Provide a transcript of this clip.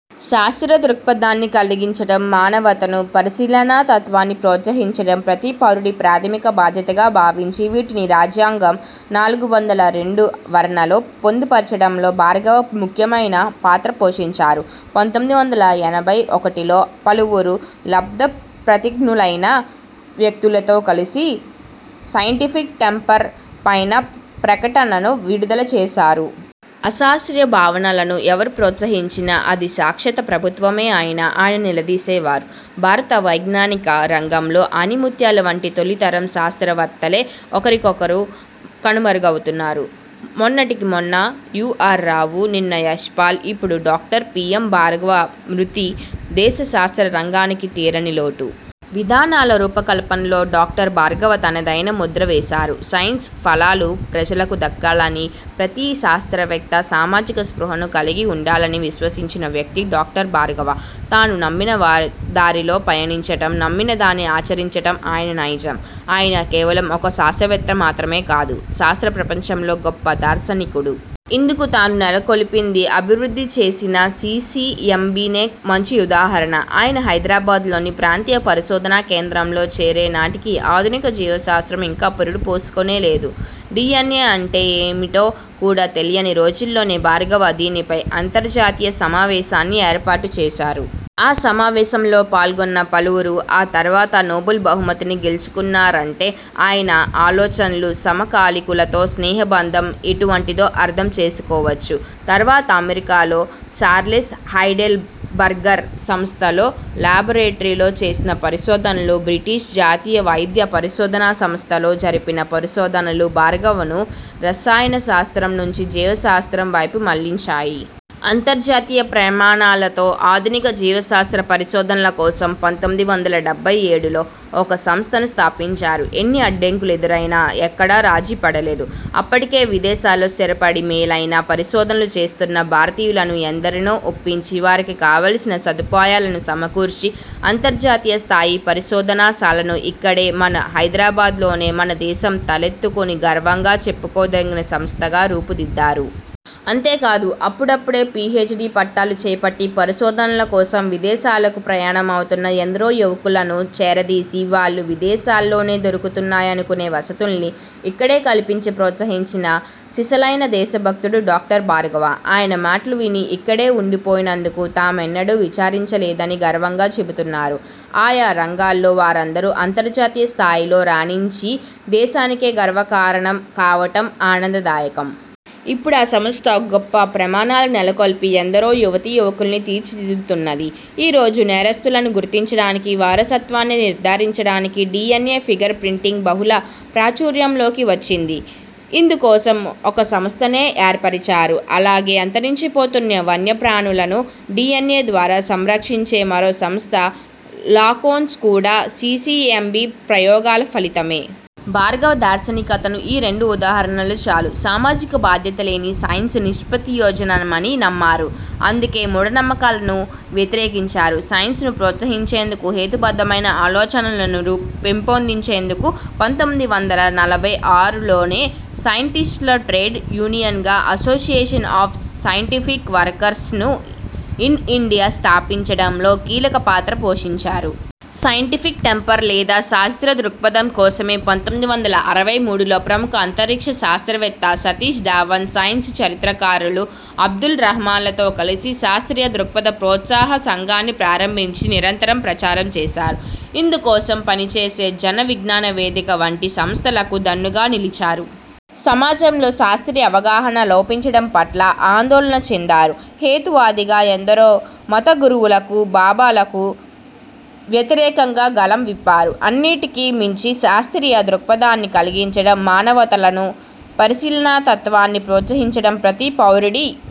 శాస్ర్తీయ దృక్పథాన్ని కలిగించటం, మానవతను, పరిశీలనాతత్వాన్ని ప్రోత్సహించటం ప్రతి పౌరుడి ప్రాథమిక బాధ్యతగా భావించి వీటిని రాజ్యాంగం నాలుగు వందల రెండు వరణలో పొందుపరచటంలో భార్గవ ముఖ్యమైన పాత్ర పోషించారు. పంతొమ్మిది వందల ఎనభై ఒకటిలో పలువురు లబ్దప్రతిష్టులైన వ్యక్తులతో కలిసి సైంటిఫిక్ టెంపర్ పైన ప్రకటనను విడుదల చేశారు. అశాస్ర్తీయ భావనలను ఎవరు ప్రోత్సహించినా, అది సాక్షాత ప్రభుత్వమే అయినా ఆయన నిలదీసేవారు. భారత వైజ్ఞానిక రంగంలో ఆణిముత్యాల వంటి తొలితరం శాస్త్రవత్తేలు ఒకరొకరే కనుమరుగవుతున్నారు. మొన్నటికి మొన్న యు. ఆర్. రావు, నిన్న యశ్పాల్, ఇప్పుడు డాక్టర్ పి. యం. భార్గవ మృతి దేశ శాస్త్ర రంగానికి తీరని లోటు. విధానాల రూపకల్పనలో డాక్టర్ భార్గవ తనదైన ముద్ర వేశారు. సైన్సు ఫలాలు ప్రజలకు దక్కాలనీ, ప్రతి శాస్త్రవేత్త సామాజిక స్పృహను కలిగి ఉండాలనీ విశ్వసించిన వ్యక్తి డాక్టర్ భార్గవ. తాను నమ్మిన దారిలో పయనించటం, నమ్మిన దాన్ని ఆచరించటం ఆయన నైజం. ఆయన కేవలం ఒక శాస్త్రవేత్త మాత్రమే కాదు శాస్త్ర ప్రపంచంలో గొప్ప దార్శనికుడు. ఇందుకు తాను నెలకొల్పి, అభివృద్ధి చేసిన సీసీఎంబీనే మంచి ఉదాహరణ. ఆయన హైదరాబాద్లోని ప్రాంతీయ పరిశోధనా కేంద్రం లో చేరే నాటికి ఆధునిక జీవ శాస్త్రం ఇంకా పురుడు పోసుకోనే లేదు. డీఎన్ఏ అంటే ఏమిటో కూడా తెలియని రోజుల్లోనే భార్గవ దీనిపై అంతర్జాతీయ సమావేశాన్ని ఏర్పాటుచేశారు. ఆ సమావేశంలో పాల్గొన్న పలువురు ఆ తర్వాత నోబెల్ బహుమతిని గెల్చుకున్నారంటే ఆయన ఆలోచనలు, సమకాలికులతో స్నేహ బంధం ఎటువంటిదో అర్థం చేసుకోవచ్చు. తర్వాత అమెరికాలో ఛార్లెస్ హైడెల్ బర్గర్ సంస్థలో లాబొరేటరీలో చేసిన పరిశోధనలు, బ్రిటిష్ జాతీయ వైద్య పరిశోధనా సంస్థలో జరిపిన పరిశోధనలు భార్గవను రసాయన శాస్త్రం నుంచి జీవశాస్త్రం వైపు మళ్లించాయి. అంతర్జాతీయ ప్రమాణాలతో ఆధునిక జీవశాస్త్ర పరిశోధనల కోసం పంతొమ్మిది వందల డెబ్బై ఏడులో ఒక సంస్థను స్థాపించారు. ఎన్ని అడ్డంకులెదురైనా ఎక్కడా రాజీపడలేదు. అప్పటికే విదేశాల్లో స్థిరపడి మేలైన పరిశోధనలు చేస్తున్న భారతీయులను ఎందరినో ఒప్పించి, వారికి కావలసిన సదుపాయాలను సమకూర్చి అంతర్జాతీయ స్థాయి పరిశోధనాశాలను ఇక్కడే, మన హైదరాబాద్లోనే మనదేశం తలెత్తుకుని గర్వంగా చెప్పుకోదగిన సంస్థగా రూపుదిద్దారు. అంతేకాదు, అప్పుడప్పుడే పీహెచ్డీ పట్టాలు చేపట్టి పరిశోధనల కోసం విదేశాలకు ప్రయాణమవుతున్న ఎందరో యువకులను చేరదీసి వాళ్లు విదేశాల్లోనే దొరుకుతాయనుకునే వసతుల్ని ఇక్కడే కల్పించి ప్రోత్సహించిన సిసలైన దేశభక్తుడు డాక్టర్ భార్గవ. ఆయన మాటలు విని ఇక్కడే ఉండిపోయినందుకు తామెన్నడూ విచారించలేదని గర్వంగా చెబుతున్నారు. ఆయా రంగాల్లో వారందరూ అంతర్జాతీయ స్థాయిలో రాణించి దేశానికే గర్వకారణం కావటం ఆనందదాయకం. ఇప్పుడా సంస్థ గొప్ప ప్రమాణాలు నెలకొల్పి ఎందరో యువతీయువకుల్ని తీర్చిదిద్దుతున్నది. ఈ రోజు నేరస్థులను గుర్తించటానికి, వారసత్వాన్ని నిర్ధారించటానికి డీఎన్ఏ ఫింగర్ ప్రింటింగ్ బహుళ ప్రాచుర్యంలోకి వచ్చింది. ఇందుకోసం ఒక సంస్థనే ఏర్పరిచారు. అలాగే అంతరించిపోతున్న వన్యప్రాణులను డీఎన్ఏ ద్వారా సంరక్షించే మరో సంస్థ లాకోన్స్ కూడా సీసీఎంబీ ప్రయోగాల ఫలితమే. భార్గవ దార్శనికతకు ఈ రెండు ఉదాహరణలు చాలు. సామాజిక బాధ్యత లేని సైన్సు నిష్ప్రయోజనమని నమ్మారు. అందుకే మూఢనమ్మకాలను వ్యతిరేకించారు. సైన్సును ప్రోత్సహించేందుకు, హేతుబద్దమైన ఆలోచనలను పెంపొందించేందుకు పంతొమ్మిది వందల నలభై ఆరులోనే సైంటిస్టుల ట్రేడ్ యూనియన్గా అసోసియేషన్ ఆఫ్ సైంటిఫిక్ వర్కర్స్ ను ఇన్ ఇండియా స్థాపించడంలో కీలక పాత్ర పోషించారు. సైంటిఫిక్ టెంపర్ లేదా శాస్ర్తీయ దృక్పథం కోసమే పంతొమ్మిది వందల అరవై మూడులో ప్రముఖ అంతరిక్ష శాస్త్రవేత్త సతీష్ ధావన్, సైన్సు చరిత్రకారులు అబ్దుల్ రహమాన్లతో కలిసి శాస్ర్తీయ దృక్పథ ప్రోత్సాహక సంఘాన్ని ప్రారంభించి నిరంతరం ప్రచారం చేశారు. ఇందుకోసం పనిచేసే జనవిజ్ఞాన వేదిక వంటి సంస్థలకు దన్నుగా నిలిచారు. సమాజంలో శాస్ర్తీయ అవగాహన లోపించటం పట్ల ఆందోళన చెందారు. హేతువాదిగా ఎందరో మతగురువులకు, బాబాలకు వ్యతిరేకంగా గళం విప్పారు. అన్నింటికీ మించి శాస్ర్తీయ దృక్పథాన్ని కలిగించటం, మానవతను, పరిశీలనా తత్వాన్ని ప్రోత్సహించటం ప్రతి పౌరుడి